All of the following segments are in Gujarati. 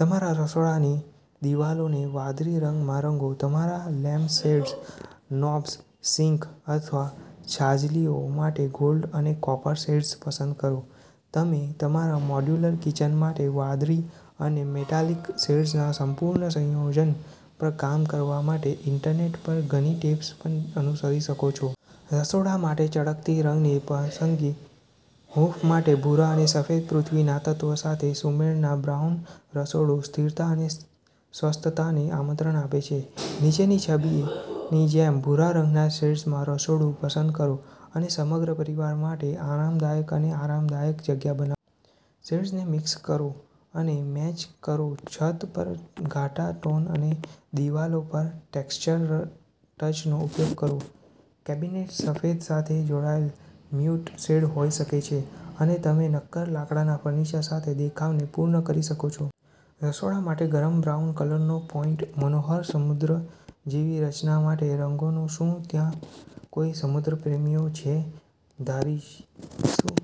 તમારા રસોડાની દિવાલોને વાદળી રંગમાં રંગો. તમારા લેમ્પશેડ્સ, નોબ્સ, સિંક અથવા છાજલીઓ માટે ગોલ્ડ અને કોપર શેડ્સ પસંદ કરો. તમે તમારા મોડ્યુલર કિચન માટે વાદળી અને મેટાલિક શેડ્સના સંપૂર્ણ સંયોજન પર કામ કરવા માટે ઇન્ટરનેટ પર ઘણી ટીપ્સને પણ અનુસરી શકો છો. રસોડા માટે ચળકતી રંગની પસંદગી હૂંફ માટે ભૂરા અને સફેદ પૃથ્વીના તત્વ સાથે સુમેળમાં બ્રાઉન રસોડું સ્થિરતા અને સ્વસ્થતાને આમંત્રણ આપે છે. નીચેની છબીની જેમ, ભૂરા રંગના શેડ્સમાં રસોડું પસંદ કરો અને સમગ્ર પરિવાર માટે આરામદાયક અને આરામદાયક જગ્યા બનાવો. શેડ્સને મિક્સ કરો અને મેચ કરોછત પર ઘાટા ટોન અને દિવાલો પર ટેક્ષ્ચર ટચનો ઉપયોગ કરો. કેબિનેટ્સ સફેદ સાથે જોડાયેલ મ્યૂટ શેડ હોઈ શકે છે, અને તમે નક્કર લાકડાના ફર્નિચર સાથે દેખાવને પૂર્ણ કરી શકો છો. રસોડા માટે ગરમ બ્રાઉન કલરનો પેઇન્ટ મનોહર સમુદ્ર જેવી રચના માટે રંગો શું ત્યાં કોઈ સમુદ્ર પ્રેમીઓ છે? ધારી શું?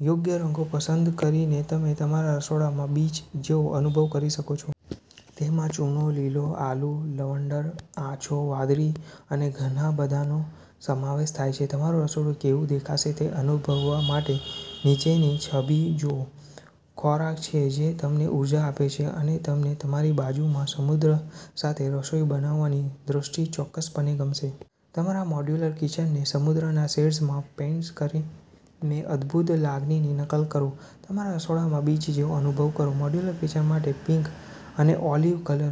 યોગ્ય રંગો પસંદ કરીને તમે તમારા રસોડામાં બીચ જેવો અનુભવ કરી શકો છો. તેમાં ચૂનો લીલો, આલૂ, લવંડર, આછો વાદળી અને ઘણા બધાનો સમાવેશ થાય છે. તમારું રસોડું કેવું દેખાશે તે અનુભવવા માટે નીચેની છબી જુઓ. ખોરાકછે જે તમને ઉર્જા આપે છે, અને તમને તમારી બાજુમાં સમુદ્ર સાથે રસોઈ બનાવવાની દૃષ્ટિ ચોક્કસપણે ગમશે. તમારા મોડ્યુલર કિચનને સમુદ્રના શેડ્સમાં પેઇન્ટ કરીનેઅદ્ભુત લાગણીની નકલ કરો. તમારા રસોડામાં બીચ જેવો અનુભવ કરો મોડ્યુલર કિચન માટે પિંક અને ઓલિવ કલર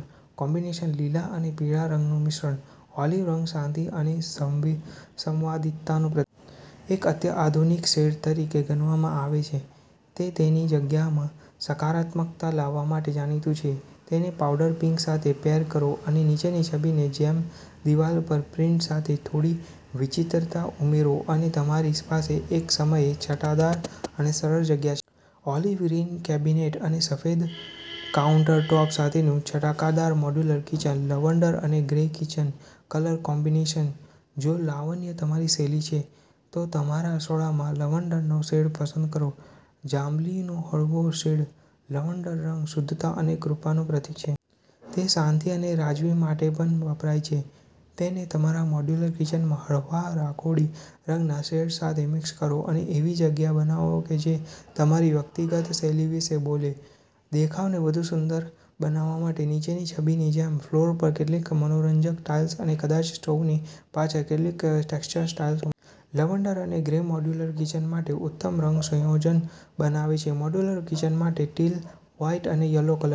કોમ્બિનેશન લીલા અને પીળા રંગનું મિશ્રણ, ઓલિવ રંગ શાંતિ અને સંવાદિતાનું પ્રતીક છે. એક અત્યાધુનિક શેડ તરીકે ગણવામાં આવે છે, તે તેની જગ્યામાં સકારાત્મકતા લાવવા માટે જાણીતું છે. તેને પાઉડર પિંક સાથે પેર કરો અને નીચેની છબીની જેમદિવાલ પર પ્રિન્ટ સાથે થોડી વિચિત્રતા ઉમેરો અને તમારી પાસે એકસમયે છટાદાર અને સરળ જગ્યા છે. ઓલિવ ગ્રીન કેબિનેટ અને સફેદ કાઉન્ટરટૉપ સાથેનું છટાદાર મોડ્યુલર કિચન. લવંડર અને ગ્રે કિચન કલર કોમ્બિનેશન જો લાવણ્ય તમારી શૈલી છે, તો તમારા રસોડામાં લવંડરનો શેડ પસંદ કરો. જાંબલીનો હળવો શેડ, લવંડર રંગ, શુદ્ધતા અને કૃપાનું પ્રતીક છે. તે શાંતિ અને રાજવી માટે પણ વપરાય છે. તેને તમારા મોડ્યુલર કિચનમાં હળવા રાખોડી રંગના શેડ સાથે મિક્સ કરો અને એવી જગ્યા બનાવો કે જે તમારી વ્યક્તિગત શૈલી વિશે બોલે. દેખાવને વધુ સુંદર બનાવવા માટે, નીચેની છબીની જેમ, ફ્લોર પર કેટલીક મનોરંજક ટાઇલ્સ અને કદાચ સ્ટોવની પાછળ કેટલીક ટેક્ષ્ચર ટાઇલ્સ ઉમેરો. લવંડર અને ગ્રે મોડ્યુલર કિચન માટે ઉત્તમ રંગ સંયોજન બનાવે છે. મોડ્યુલર કિચન માટે ટીલ, વ્હાઇટ અને યલો કલર